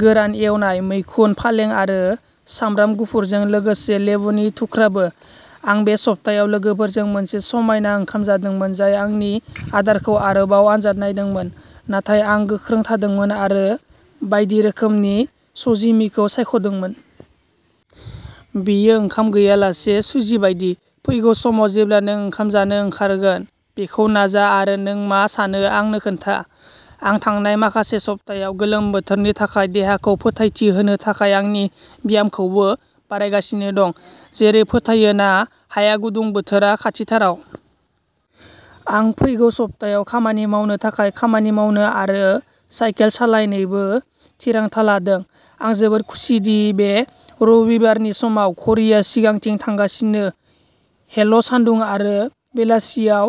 गोरान एवनाय, मैखुन, फालें आरो सामब्राम गुफुरजों लोगोसे लेबुनि थुख्राबो। आं बे सप्तायाव लोगोफोरजों मोनसे समायना ओंखाम जादोंमोन, जाय आंनि आदारखौ आरोबाव आनजाद नायदोंमोन, नाथाय आं गोख्रों थादोंमोन आरो बायदि रोखोमनि सशिमिखौ सायख'दोंमोन। बेयो ओंखाम गैयालासे सुशि बायदि। फैगौ समाव जेब्ला नों ओंखाम जानो ओंखारगोन, बेखौ नाजा आरो नों मा सानो आंनो खोन्था। आं थांनाय माखासे सप्तायाव गोलोम बोथोरनि थाखाय देहाखौ फोथायथि होनो थाखाय आंनि ब्यामखौबो बारायगासिनो दं, जेरै फोथायो ना हाया गुदुं बोथोरा खाथिथाराव। आं फैगौ सप्तायाव खामानि मावनो थाखाय खामानि मावनो आरो साइकेल सालायनोबो थिरांथा लादों। आं जोबोद खुसि दि बे रबिबारनि समाव घरिआ सिगांथिं थांगासिनो हेल' सानदुं आरो बेलासियाव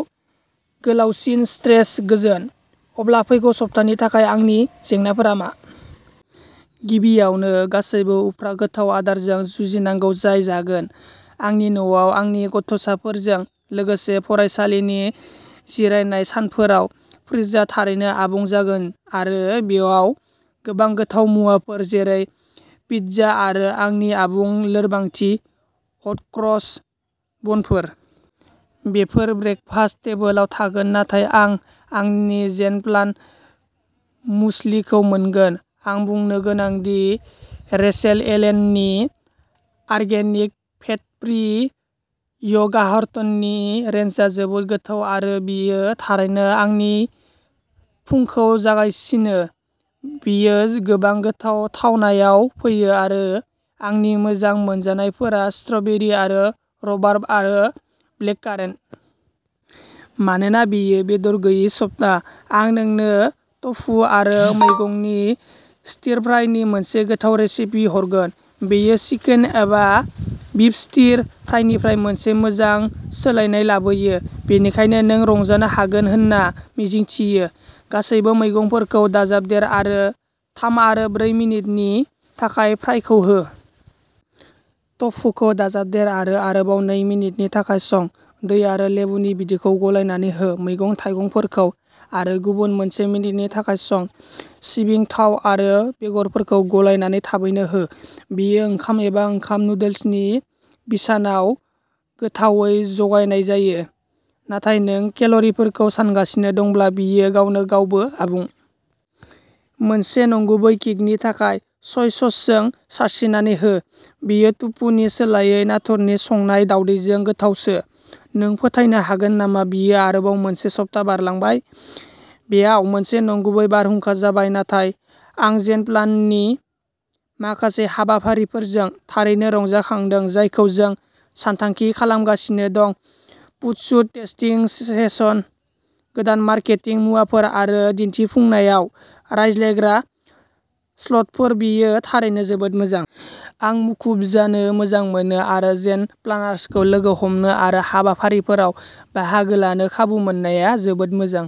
गोलावसिन स्ट्रेच गोजोन। अब्ला फैगौ सप्तानि थाखाय आंनि जेंनाफोरा मा? गिबियावनो, गासैबो उफ्रा गोथाव आदारजों जुजिनांगौ जाय जागोन। आंनि न'आव आंनि गथ'साफोरजों लोगोसे फरायसालिनि जिरायनाय सानफोराव फ्रिजआ थारैनो आबुं जागोन आरो बेयाव गोबां गोथाव मुवाफोर जेरै पिज्जा आरो आंनि आबुं लोरबांथि हट क्रस बानफोर। बेफोर ब्रेकफास्ट टेबोलाव थागोन नाथाय आं आंनि जेन प्लान मुसलिखौ मोनगोन। आं बुंनो गोनां दि रेचेल एलेननि अर्गेनिक फेट फ्रि य'गहार्टनि रेन्जआ जोबोद गोथाव आरो बेयो थारैनो आंनि फुंखौ जागायगासिनो! बेयो गोबां गोथाव थावनायाव फैयो आरो आंनि मोजां मोनजानायफोरा स्ट्र'बेरि आरो रुबार्ब आरो ब्लेककारेन्ट। मानोना बेयो बेदर गैयै सप्ता, आं नोंनो ट'फु आरो मैगंनि स्टिर फ्राइनि मोनसे गोथाव रेसिपि हरगोन। बेयो चिकेन एबा बिफ स्टिर फ्राइनिफ्राय मोनसे मोजां सोलायनाय लाबोयो, बेनिखायनो नों रंजानो हागोन होनना मिजिंथियो। गासैबो मैगंफोरखौ दाजाबदेर आरो थाम आरो ब्रै मिनिटनि थाखाय फ्राइखौ हो। ट'फुखौ दाजाबदेर आरो आरोबाव नै मिनिटनि थाखाय सं। दै आरो लेबुनि बिदैखौ गलायनानै हो। मैगं थाइगंफोरखौ आरो गुबुन मोनसे मिनिटनि थाखाय सं। सिबिं थाव आरो बेगरफोरखौ गलायनानै थाबैनो हो। बेयो ओंखाम एबा ओंखाम नुडल्सनि बिसानाव गोथावै जगायनाय जायो, नाथाय नों केल'रिफोरखौ सानगासिनो दंब्ला, बेयो गावनो गावबो आबुं। मोनसे नंगुबै किकनि थाखाय, सय ससजों सारस्रिनानै हो। बेयो टफुनि सोलायै नाथुरनि संनाय दावदैजों गोथावसो। नों फोथायनो हागोन नामा बेयो आरोबाव मोनसे सप्ता बारलांबाय? बेयाव मोनसे नंगुबै बारहुंखा जाबाय नाथाय आं जेन प्लेननि माखासे हाबाफारिफोरजों थारैनो रंजाखांदों जायखौ जों सानथांखि खालामगासिनो दं फटसुट, टेस्टिं सेसन, गोदान मार्केटिं मुवाफोर आरो दिन्थिफुंनायाव रायज्लायग्रा स्लटफोर बेयो थारैनो जोबोद मोजां। आं मुखुब जानो मोजां मोनो आरो जेन प्लानार्सखौ लोगो हमनो आरो हाबाफारिफोराव बाहागो लानो खाबु मोननाया जोबोद मोजां।